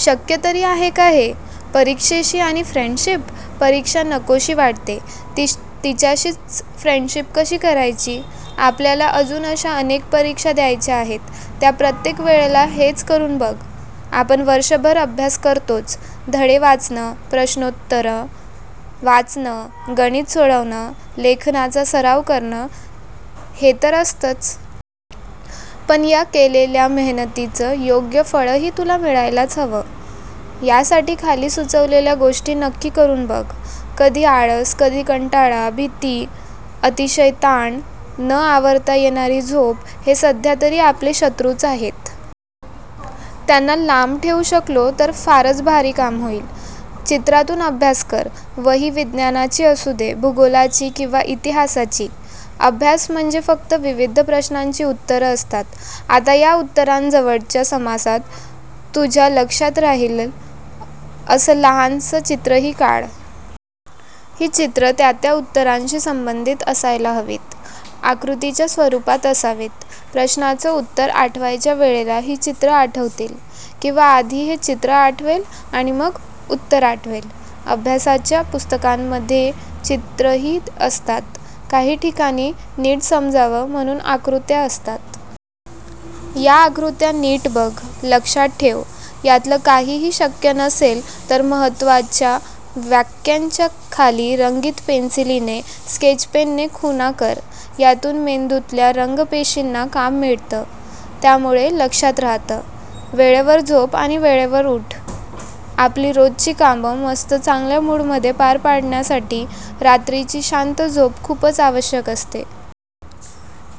शक्य तरी आहे का हे? परीक्षेशी आणि फ्रेंडशिप? परीक्षा नकोशी वाटते. तिच्याशीच फ्रेंडशिप कशी करायची? आपल्याला अजून अशा अनेक परीक्षा द्यायच्या आहेत. त्या प्रत्येक वेळेला हेच करून बघ. आपण वर्षभर अभ्यास करतोच. धडे वाचणं, प्रश्नोत्तरं वाचणं, गणितं सोडवणं, लेखनाचा सराव करणं – हे तर असतंच. पण या केलेल्या मेहनतीचं योग्य फळही तुला मिळायलाच हवं. यासाठी खाली सुचवलेल्या गोष्टी नक्की करून बघ. कधी आळस, कधी कंटाळा, भीती, अतिशय ताण, न आवरता येणारी झोप – हे सध्या तरी आपले शत्रूच आहेत. त्यांना लांब ठेवू शकलो, तर फारच भारी काम होईल. चित्रातून अभ्यास कर. वही विज्ञानाची असू दे, भूगोलाची किंवा इतिहासाची; अभ्यास म्हणजे फक्त विविध प्रश्नांची उत्तरं असतात. आता या उत्तरांजवळच्या समासात तुझ्या लक्षात राहील असं लहानसं चित्रही काढ. ही चित्रं त्या त्या उत्तरांशी संबंधित असायला हवीत. आकृतीच्या स्वरूपात असावीत. प्रश्नाचं उत्तर आठवायच्या वेळेला ही चित्रं आठवतील. किंवा आधी हे चित्र आठवेल आणि मग उत्तर आठवेल. अभ्यासाच्या पुस्तकांमध्ये चित्रंही असतात. काही ठिकाणी, नीट समजावं म्हणून आकृत्या असतात. या आकृत्या नीट बघ. लक्षात ठेव. यातलं काहीही शक्य नसेल, तर महत्त्वाच्या वाक्यांच्या खाली रंगीत पेन्सिलीने/स्केचपेनने खुणा कर. यातून मेंदूतल्या रंगपेशींना काम मिळतं. त्यामुळे लक्षात राहतं. वेळेवर झोप आणि वेळेवर ऊठ! आपली रोजची कामं मस्त चांगल्या मूडमध्ये पार पडण्यासाठी रात्रीची शांत झोप खूपच आवश्यक असते.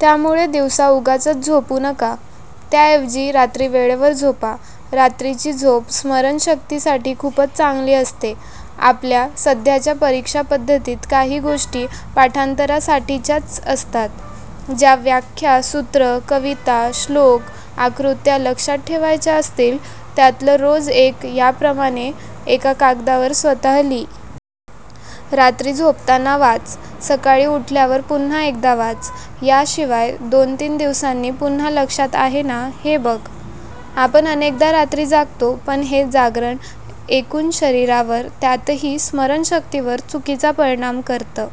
त्यामुळे दिवसा उगाचच झोपू नका. त्याऐवजी रात्री वेळेवर झोपा. रात्रीची झोप स्मरणशक्तीसाठी खूपच चांगली असते. आपल्या सध्याच्या परीक्षा पद्धतीत काही गोष्टी पाठांतरासाठीच्याच असतात. ज्या व्याख्या, सूत्रं, कविता, श्लोक, आकृत्या लक्षात ठेवायच्या असतील, त्यातलं रोज एक याप्रमाणे एका कागदावर स्वतः लिही. रात्री झोपताना वाच. सकाळी उठल्यावर पुन्हा एकदा वाच. याशिवाय दोन-तीन दिवसांनी पुन्हा लक्षात आहे ना, हे बघ. आपण अनेकदा रात्री जागतो. पण हे जागरण एकूण शरीरावर, त्यातही स्मरणशक्तीवर चुकीचा परिणाम करतं.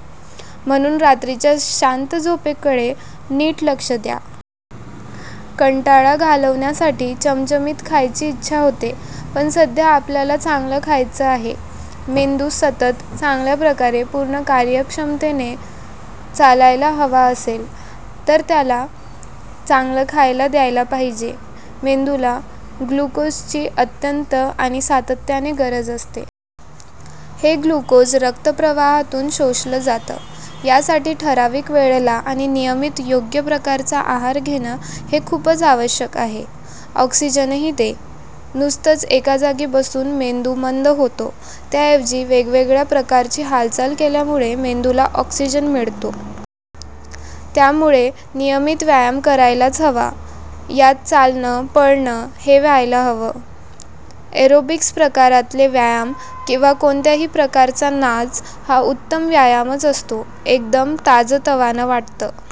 म्हणून रात्रीच्या शांत झोपेकडे नीट लक्ष द्या. कंटाळा घालवण्यासाठी चमचमीत खायची इच्छा होते. पण सध्या आपल्याला चांगलं खायचं आहे! मेंदू सतत, चांगल्या प्रकारे, पूर्ण कार्यक्षमतेने चालायला हवा असेल, तर त्याला चांगलं खायला द्यायला पाहिजे. मेंदूला ग्लुकोजची अत्यंत आणि सातत्याने गरज असते. हे ग्लुकोज रक्तप्रवाहातून शोषलं जातं. यासाठी ठरावीक वेळेला आणि नियमित योग्य प्रकारचा आहार घेणं हे खूपच आवश्यक आहे. ऑक्सिजनही दे! नुसतंच एकाजागी बसून मेंदू मंद होतो. त्याऐवजी वेगवेगळ्या प्रकारची हालचाल केल्यामुळे मेंदूला ऑक्सिजन मिळतो. त्यामुळे नियमित व्यायाम करायलाच हवा. यात चालणं, पळणं हे व्हायला हवं. एरोबिक्स प्रकारातले व्यायाम किंवा कोणत्याही प्रकारचा नाच हा उत्तम व्यायामच असतो. एकदम ताजंतवानं वाटतं.